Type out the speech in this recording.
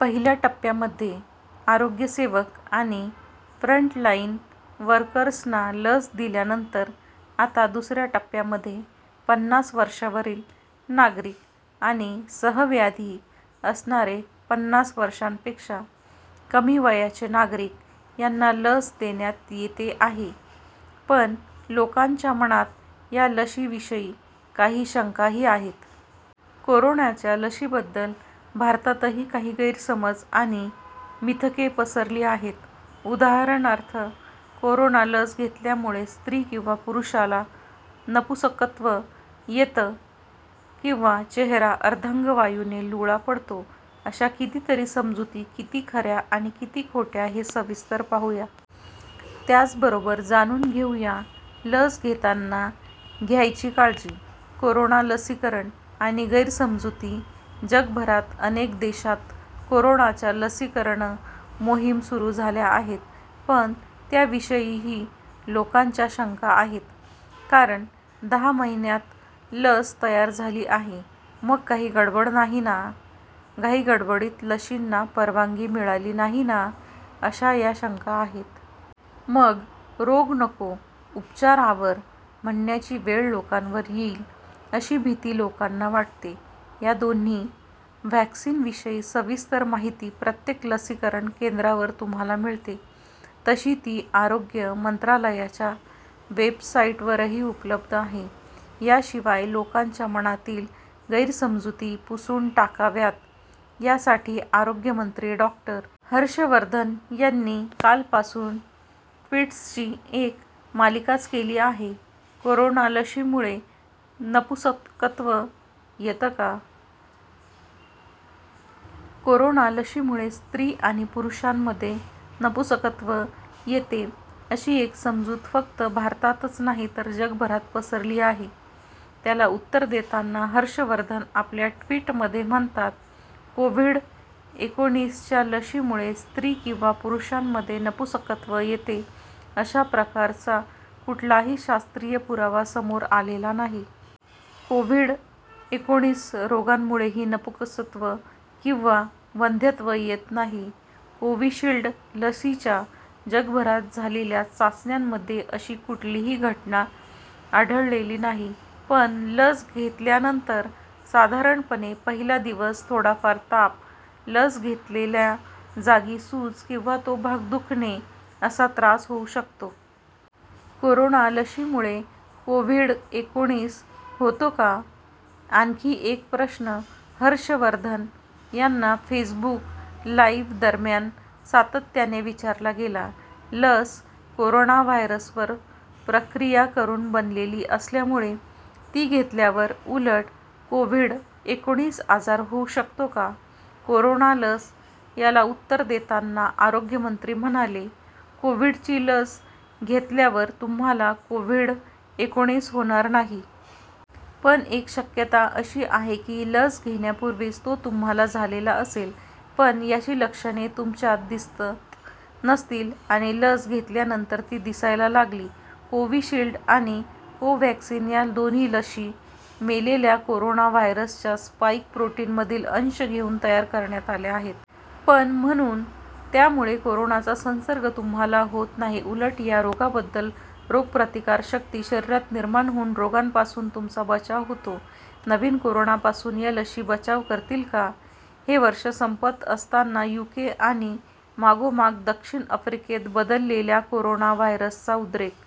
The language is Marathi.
पहिल्या टप्प्यामध्ये आरोग्यसेवक आणि फ्रंटलाईन वर्कर्सना लस दिल्यानंतर आता दुसऱ्या टप्प्यामध्ये पन्नास वर्षांवरील नागरिक आणि सहव्याधी असणारे पन्नास वर्षांपेक्षा कमी वयाचे नागरिक यांना लस देण्यात येते आहे. पण लोकांच्या मनात या लशीविषयी काही शंकाही आहेत. कोरोनाच्या लशीबद्दल भारतातही काही गैरसमज आणि मिथके पसरली आहेत. उदाहरणार्थ, कोरोना लस घेतल्यामुळे स्त्री किंवा पुरुषाला नपुंसकत्व येते किंवा चेहरा अर्धांगवायूने लुळा पडतो, अशा कितीतरी समजुती किती खऱ्या आणि किती खोट्या हे सविस्तर पाहूया. त्याचबरोबर जाणून घेऊया लस घेताना घ्यायची काळजी. कोरोना लसीकरण आणि गैरसमजुती जगभरात अनेक देशांत कोरोनाच्या लसीकरण मोहिमा सुरू झाल्या आहेत. पण, त्याविषयीही लोकांच्या शंका आहेत. कारण, दहा महिन्यांत लस तयार झाली आहे. मग काही गडबड नाही ना, घाईगडबडीत लशींना परवानगी मिळाली नाही ना, अशा या शंका आहेत. मग 'रोग नको, उपचार आवर' म्हणण्याची वेळ लोकांवर येईल अशी भीती लोकांना वाटते. या दोन्ही व्हॅक्सिनविषयी सविस्तर माहिती प्रत्येक लसीकरण केंद्रावर तुम्हाला मिळेल. तशी ती आरोग्य मंत्रालयाच्या वेबसाईटवरही उपलब्ध आहे. याशिवाय लोकांच्या मनातील गैरसमजुती पुसून टाकाव्यात यासाठी आरोग्यमंत्री डॉ. हर्षवर्धन यांनी कालपासून ट्वीट्सची एक मालिकाच केली आहे. कोरोना लशीमुळे नपुंसकत्व येते का? कोरोना लशीमुळे स्त्री आणि पुरुषांमध्ये नपुंसकत्व येते अशी एक समजूत फक्त भारतातच नाही तर जगभरात पसरली आहे. त्याला उत्तर देताना, हर्षवर्धन आपल्या ट्वीटमध्ये म्हणतात, 'कोव्हिड एकोणीसच्या लशीमुळे स्त्री किंवा पुरुषांमध्ये नपुंसकत्व येते अशा प्रकारचा कुठलाही शास्त्रीय पुरावा समोर आलेला नाही. कोव्हिड एकोणीस रोगामुळेही नपुंसकत्व किंवा वंध्यत्व येत नाही.' कोविशिल्ड लशीच्या जगभरात झालेल्या चाचण्यांमध्ये अशी कुठलीही घटना आढळलेली नाही. पण, लस घेतल्यानंतर साधारणपणे पहिला दिवस थोडाफार ताप, लस घेतलेल्या जागी सूज किंवा तो भाग दुखणे असा त्रास होऊ शकतो. कोरोना लशीमुळे कोव्हिड एकोणीस होतो का? आणखी एक प्रश्न हर्षवर्धन यांना फेसबुक लाईव्हदरम्यान सातत्याने विचारला गेला. लस कोरोना व्हायरसवर प्रक्रिया करून बनलेली असल्यामुळे ती घेतल्यावर उलट कोव्हिड एकोणीस आजार होऊ शकतो का? कोरोना लस याला उत्तर देताना आरोग्यमंत्री म्हणाले, "कोव्हिडची लस घेतल्यावर तुम्हाला कोव्हिड एकोणीस होणार नाही. पण, एक शक्यता अशी आहे की, लस घेण्यापूर्वीच तो तुम्हाला झालेला असेल. पण, त्याची लक्षणे तुमच्यात दिसत नसतील आणि लस घेतल्यानंतर ती दिसायला लागली." कोविशिल्ड आणि कोवॅक्सिन या दोन्ही लशी मेलेल्या कोरोना व्हायरसच्या स्पाईक प्रोटीनमधील अंश घेऊन तयार करण्यात आल्या आहेत. पण, म्हणून त्यामुळे कोरोनाचा संसर्ग तुम्हाला होत नाही. उलट या रोगाबद्दल रोगप्रतिकारक शक्ती शरीरात निर्माण होऊन रोगापासून तुमचा बचाव होतो. नवीन कोरोनापासून या लशी बचाव करतील का? हे वर्ष संपत असताना युके आणि मागोमाग दक्षिण आफ्रिकेत बदललेल्या कोरोना व्हायरसचा उद्रेक